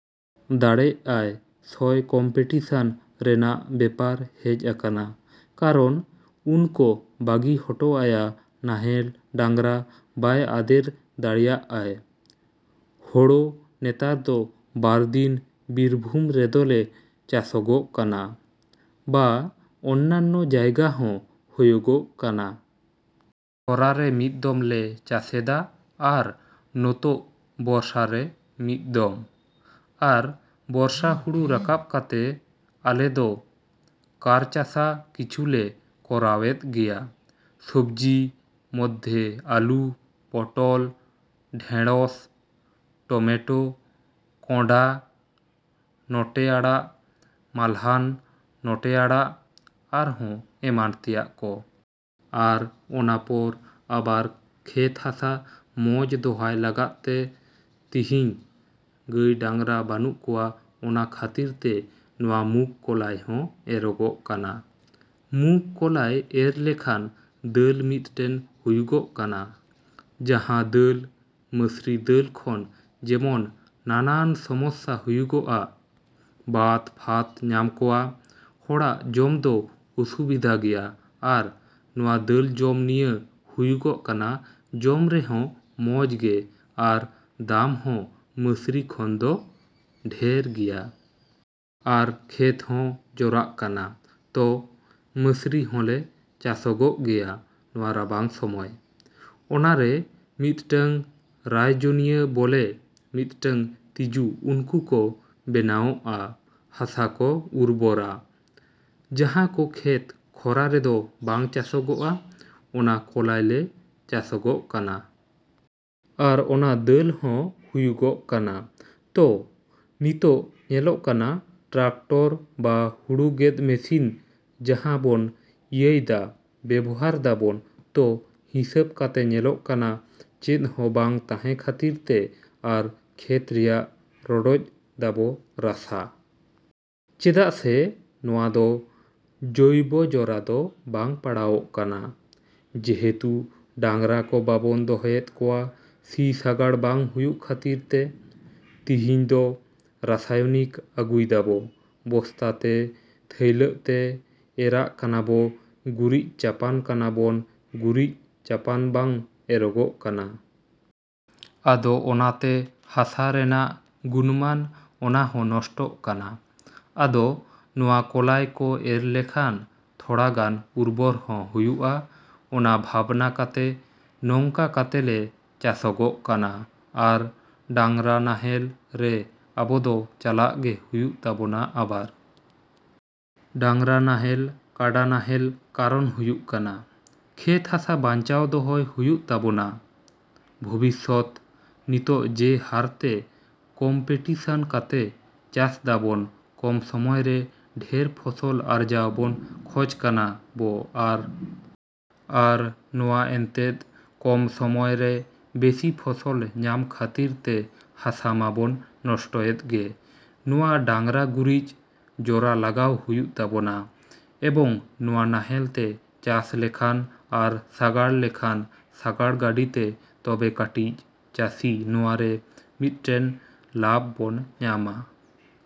ᱫᱟᱲᱮᱜ ᱟᱭ ᱥᱚᱭ ᱠᱚᱢᱯᱮᱴᱤᱥᱚᱱ ᱨᱮᱱᱟᱜ ᱵᱮᱯᱟᱨ ᱦᱮᱡ ᱟᱠᱟᱱᱟ᱾ ᱠᱟᱨᱚᱱ ᱩᱱ ᱠᱚ ᱵᱟᱹᱜᱤ ᱦᱚᱴᱚ ᱟᱭᱟ ᱱᱟᱦᱮᱞ ᱰᱟᱝᱨᱟ ᱵᱟᱭ ᱟᱫᱮᱨ ᱫᱟᱲᱮᱭᱟᱜᱼᱟᱭ᱾ ᱦᱳᱲᱳ ᱱᱮᱛᱟᱨ ᱫᱚ ᱵᱟᱨ ᱫᱤᱱ ᱵᱤᱨᱵᱷᱩᱢ ᱨᱮᱫᱚᱞᱮ ᱪᱟᱥᱚᱜᱚᱜ ᱠᱟᱱᱟ᱾ ᱵᱟ ᱚᱱᱱᱟᱱᱱᱚ ᱡᱟᱭᱜᱟ ᱦᱚᱸ ᱦᱳᱭᱳᱜᱳᱜ ᱠᱟᱱᱟ᱾ ᱠᱷᱚᱨᱟ ᱨᱮ ᱢᱤᱫ ᱫᱚᱢ ᱞᱮ ᱪᱟᱥᱮᱫᱟ ᱟᱨ ᱱᱚᱛᱳᱜ ᱵᱚᱨᱥᱟ ᱨᱮ ᱢᱤᱫ ᱫᱚᱢ᱾ ᱟᱨ ᱵᱚᱨᱥᱟ ᱦᱩᱲᱩ ᱨᱟᱠᱟᱵ ᱠᱟᱛᱮ ᱟᱞᱮ ᱫᱚ ᱠᱟᱨᱪᱟᱥᱟ ᱠᱤᱪᱷᱩᱞᱮ ᱠᱚᱨᱟᱣᱮᱫ ᱜᱮᱭᱟ᱾ ᱥᱚᱵᱽᱡᱤ ᱢᱚᱫᱽᱫᱷᱮ ᱟᱞᱩ, ᱯᱚᱴᱚᱞ, ᱰᱷᱮᱬᱚᱥ, ᱴᱚᱢᱮᱴᱳ, ᱠᱚᱸᱰᱷᱟ ᱱᱚᱴᱮ ᱟᱲᱟᱜ ᱢᱟᱞᱦᱟᱱ ᱱᱚᱴᱮ ᱟᱲᱟᱜ ᱟᱨᱦᱚᱸ ᱮᱢᱟᱱ ᱛᱮᱭᱟᱜ ᱠᱚ᱾ ᱟᱨ ᱚᱱᱟ ᱯᱚᱨ ᱟᱵᱟᱨ ᱠᱷᱮᱛ ᱦᱟᱥᱟ ᱢᱚᱸᱡᱽ ᱫᱚᱦᱟᱭ ᱞᱟᱜᱟᱫ ᱛᱮ ᱛᱤᱦᱤᱧ ᱜᱟᱹᱭ ᱰᱟᱝᱨᱟ ᱵᱟᱱᱩᱜ ᱠᱚᱣᱟ ᱚᱱᱟ ᱠᱷᱟᱹᱛᱤᱨ ᱛᱮ ᱱᱚᱣᱟ ᱢᱩᱜᱽ ᱠᱚᱞᱟᱭ ᱦᱚᱸ ᱮᱨᱚᱜᱚᱜ ᱠᱟᱱᱟ᱾ ᱢᱩᱸᱜᱽ ᱠᱚᱞᱟᱭ ᱮᱨ ᱞᱮᱠᱷᱟᱱ ᱫᱟᱹᱞ ᱢᱤᱫᱽᱴᱮᱱ ᱦᱩᱭᱩᱜᱚᱜ ᱠᱟᱱᱟ᱾ ᱡᱟᱦᱟᱸ ᱫᱟᱹᱞ, ᱢᱟᱹᱥᱨᱤ ᱫᱟᱹᱞ ᱠᱷᱚᱱ ᱡᱮᱢᱚᱱ ᱱᱟᱱᱟᱱ ᱥᱚᱢᱚᱥᱥᱟ ᱦᱩᱭᱩᱜᱚᱜᱼᱟ ᱵᱟᱛᱼᱯᱷᱟᱛ ᱧᱟᱢ ᱠᱚᱣᱟ, ᱦᱚᱲᱟᱜ ᱡᱚᱢ ᱫᱚ ᱚᱥᱩᱵᱤᱫᱷᱟ ᱜᱮᱭᱟ ᱟᱨ ᱱᱚᱣᱟ ᱫᱟᱹᱞ ᱡᱚᱢ ᱱᱤᱭᱟᱹ ᱦᱩᱭᱩᱜᱚᱜ ᱠᱟᱱᱟ ᱡᱚᱢ ᱨᱮᱦᱚᱸ ᱢᱚᱸᱡᱽ ᱜᱮ ᱟᱨ ᱫᱟᱢ ᱦᱚᱸ ᱢᱟᱹᱥᱨᱤ ᱠᱷᱚᱱ ᱫᱚ ᱰᱷᱮᱹᱨ ᱜᱮᱭᱟ᱾ ᱟᱨ ᱠᱷᱮᱛ ᱦᱚᱸ ᱡᱚᱨᱟᱜ ᱠᱟᱱᱟ᱾ ᱛᱚ, ᱢᱟᱹᱥᱨᱤ ᱦᱚᱸᱞᱮ ᱪᱟᱥᱚᱜᱚᱜ ᱜᱮᱭᱟ ᱱᱚᱣᱟ ᱨᱟᱵᱟᱝ ᱥᱚᱢᱚᱭ᱾ ᱚᱱᱟᱨᱮ ᱢᱤᱫᱴᱟᱝ ᱨᱟᱭᱡᱚᱱᱤᱭᱟ ᱵᱚᱞᱮ ᱢᱤᱫᱴᱟᱝ ᱛᱤᱡᱩ ᱩᱱᱠᱩ ᱠᱚ ᱵᱮᱱᱟᱣᱚᱜᱼᱟ᱾ ᱦᱟᱥᱟ ᱠᱚ ᱩᱨᱵᱚᱨᱟ᱾ ᱡᱟᱦᱟᱸ ᱠᱚ ᱠᱷᱮᱛ ᱠᱷᱚᱨᱟ ᱨᱮᱫᱚ ᱵᱟᱝ ᱪᱟᱥᱚᱜᱚᱜᱼᱟ, ᱚᱱᱟ ᱠᱚᱞᱟᱭ ᱞᱮ ᱪᱟᱥᱚᱜᱚᱜ ᱠᱟᱱᱟ᱾ ᱟᱨ ᱚᱱᱟ ᱫᱟᱹᱞ ᱦᱚᱸ ᱦᱩᱭᱩᱜᱚᱜ ᱠᱟᱱᱟ᱾ ᱛᱚ ᱱᱤᱛᱳᱜ ᱧᱮᱞᱚᱜ ᱠᱟᱱᱟ ᱴᱨᱟᱠᱴᱟᱨ ᱵᱟ ᱦᱩᱲᱩ ᱜᱮᱫ ᱢᱮᱹᱥᱤᱱ ᱡᱟᱦᱟᱸ ᱵᱚᱱ ᱤᱭᱟᱹᱭ ᱫᱟ ᱵᱮᱵᱚᱦᱟᱨ ᱫᱟᱵᱚᱱ ᱛᱚ ᱦᱤᱸᱥᱟᱹᱵᱽ ᱠᱟᱛᱮ ᱧᱮᱞᱚᱜ ᱠᱟᱱᱟ ᱪᱮᱫ ᱦᱚᱸ ᱵᱟᱝ ᱛᱟᱦᱮᱸ ᱠᱷᱟᱹᱛᱤᱨ ᱛᱮ ᱟᱨ ᱠᱷᱮᱛ ᱨᱮᱭᱟᱜ ᱨᱚᱰᱚᱡ ᱫᱟᱵᱚ ᱨᱟᱥᱟ᱾ ᱪᱮᱫᱟᱜ ᱥᱮ ᱱᱚᱣᱟ ᱫᱚ ᱡᱳᱭᱵᱚ ᱡᱚᱨᱟ ᱫᱚ ᱵᱟᱝ ᱯᱟᱲᱟᱣᱚᱜ ᱠᱟᱱᱟ᱾ ᱡᱮᱦᱮᱛᱩ ᱰᱟᱝᱨᱟ ᱠᱚ ᱵᱟᱵᱚᱱ ᱫᱚᱦᱚᱭᱮᱫ ᱠᱚᱣᱟ ᱥᱤ ᱥᱟᱜᱟᱲ ᱵᱟᱝ ᱦᱩᱭᱩᱜ ᱠᱷᱟᱹᱛᱤᱨ ᱛᱮ᱾ ᱛᱤᱦᱤᱧ ᱫᱚ ᱨᱟᱥᱟᱭᱱᱤᱠ ᱟᱹᱜᱩᱭ ᱫᱟᱵᱚ, ᱵᱚᱥᱛᱟ ᱛᱮ ᱛᱷᱟᱹᱭᱞᱟᱹᱜ ᱛᱮ ᱮᱨᱟᱜ ᱠᱟᱱᱟᱵᱚ ᱜᱩᱨᱤᱪ ᱪᱟᱯᱟᱱ ᱠᱟᱱᱟᱵᱚᱱ ᱜᱩᱨᱤᱡ ᱪᱟᱯᱟᱱ ᱵᱟᱝ ᱮᱨᱚᱜᱚᱜ ᱠᱟᱱᱟ᱾ ᱟᱫᱚ ᱚᱱᱟᱛᱮ ᱦᱟᱥᱟ ᱨᱮᱱᱟᱜ ᱜᱩᱱᱼᱢᱟᱱ ᱚᱱᱟᱦᱚᱸ ᱱᱚᱥᱴᱚᱜ ᱠᱟᱱᱟ᱾ ᱟᱫᱚ ᱱᱚᱣᱟ ᱠᱚᱞᱟᱭ ᱠᱚ ᱮᱨ ᱞᱮᱠᱷᱟᱱ ᱛᱷᱚᱲᱟᱜᱟᱱ ᱩᱨᱵᱚᱨ ᱦᱚᱸ ᱦᱩᱭᱩᱜᱼᱟ, ᱚᱱᱟ ᱵᱷᱟᱵᱽᱱᱟ ᱠᱟᱛᱮ ᱱᱚᱝᱠᱟ ᱠᱟᱛᱮ ᱞᱮ ᱪᱟᱥᱚᱜᱚᱜ ᱠᱟᱱᱟ᱾ ᱟᱨ ᱰᱟᱝᱨᱟ ᱱᱟᱦᱮᱞ ᱨᱮ ᱟᱵᱚ ᱫᱚ ᱪᱟᱞᱟᱜ ᱜᱮ ᱦᱩᱭᱩᱜ ᱛᱟᱵᱚᱱᱟ ᱟᱵᱟᱨ᱾ ᱰᱟᱝᱨᱟ ᱱᱟᱦᱮᱞ, ᱠᱟᱰᱟ ᱱᱟᱦᱮᱞ ᱠᱟᱨᱚᱱ ᱦᱩᱭᱩᱜ ᱠᱟᱱᱟ᱾ ᱠᱷᱮᱛ ᱦᱟᱥᱟ ᱵᱟᱧᱪᱟᱣ ᱫᱚᱦᱚᱭ ᱦᱩᱭᱩᱜ ᱛᱟᱵᱚᱱᱟ᱾ ᱵᱷᱚᱵᱤᱥᱥᱚᱛ, ᱱᱤᱛᱳᱜ ᱡᱮ ᱦᱟᱨ ᱛᱮ ᱠᱚᱢᱯᱮᱴᱤᱥᱚᱱ ᱠᱟᱛᱮ ᱪᱟᱥ ᱫᱟᱵᱚᱱ ᱠᱚᱢ ᱥᱚᱢᱚᱭ ᱨᱮ ᱰᱷᱮᱹᱨ ᱯᱷᱚᱥᱚᱞ ᱟᱨᱡᱟᱣ ᱵᱚᱱ ᱠᱷᱚᱡᱽ ᱠᱟᱱᱟ ᱵᱚ ᱟᱨ ᱟᱨ ᱱᱚᱣᱟ ᱮᱱᱛᱮᱫ ᱠᱚᱢ ᱥᱚᱢᱚᱭ ᱨᱮ ᱵᱮᱥᱤ ᱯᱷᱚᱥᱚᱞ ᱧᱟᱢ ᱠᱷᱟᱹᱛᱤᱨ ᱛᱮ ᱦᱟᱥᱟ ᱢᱟᱵᱚᱱ ᱱᱚᱥᱴᱚᱭᱮᱫ ᱜᱮ ᱱᱚᱣᱟ ᱰᱟᱝᱨᱟ ᱜᱩᱨᱤᱡ ᱡᱚᱨᱟ ᱞᱟᱜᱟᱣ ᱦᱩᱭᱩᱜ ᱛᱟᱵᱚᱱᱟ ᱮᱵᱚᱝ ᱱᱚᱣᱟ ᱱᱟᱦᱮᱞ ᱛᱮ ᱪᱟᱥ ᱞᱮᱠᱷᱟᱱ ᱟᱨ ᱥᱟᱜᱟᱲ ᱞᱮᱠᱷᱟᱱ ᱥᱟᱜᱟᱲ ᱜᱟᱹᱰᱤ ᱛᱮ ᱛᱚᱵᱮ ᱠᱟᱹᱴᱤᱡ ᱪᱟᱹᱥᱤ ᱱᱚᱣᱟᱨᱮ ᱢᱤᱫᱴᱮᱱ ᱞᱟᱵᱷ ᱵᱚᱱ ᱧᱟᱢᱟ᱾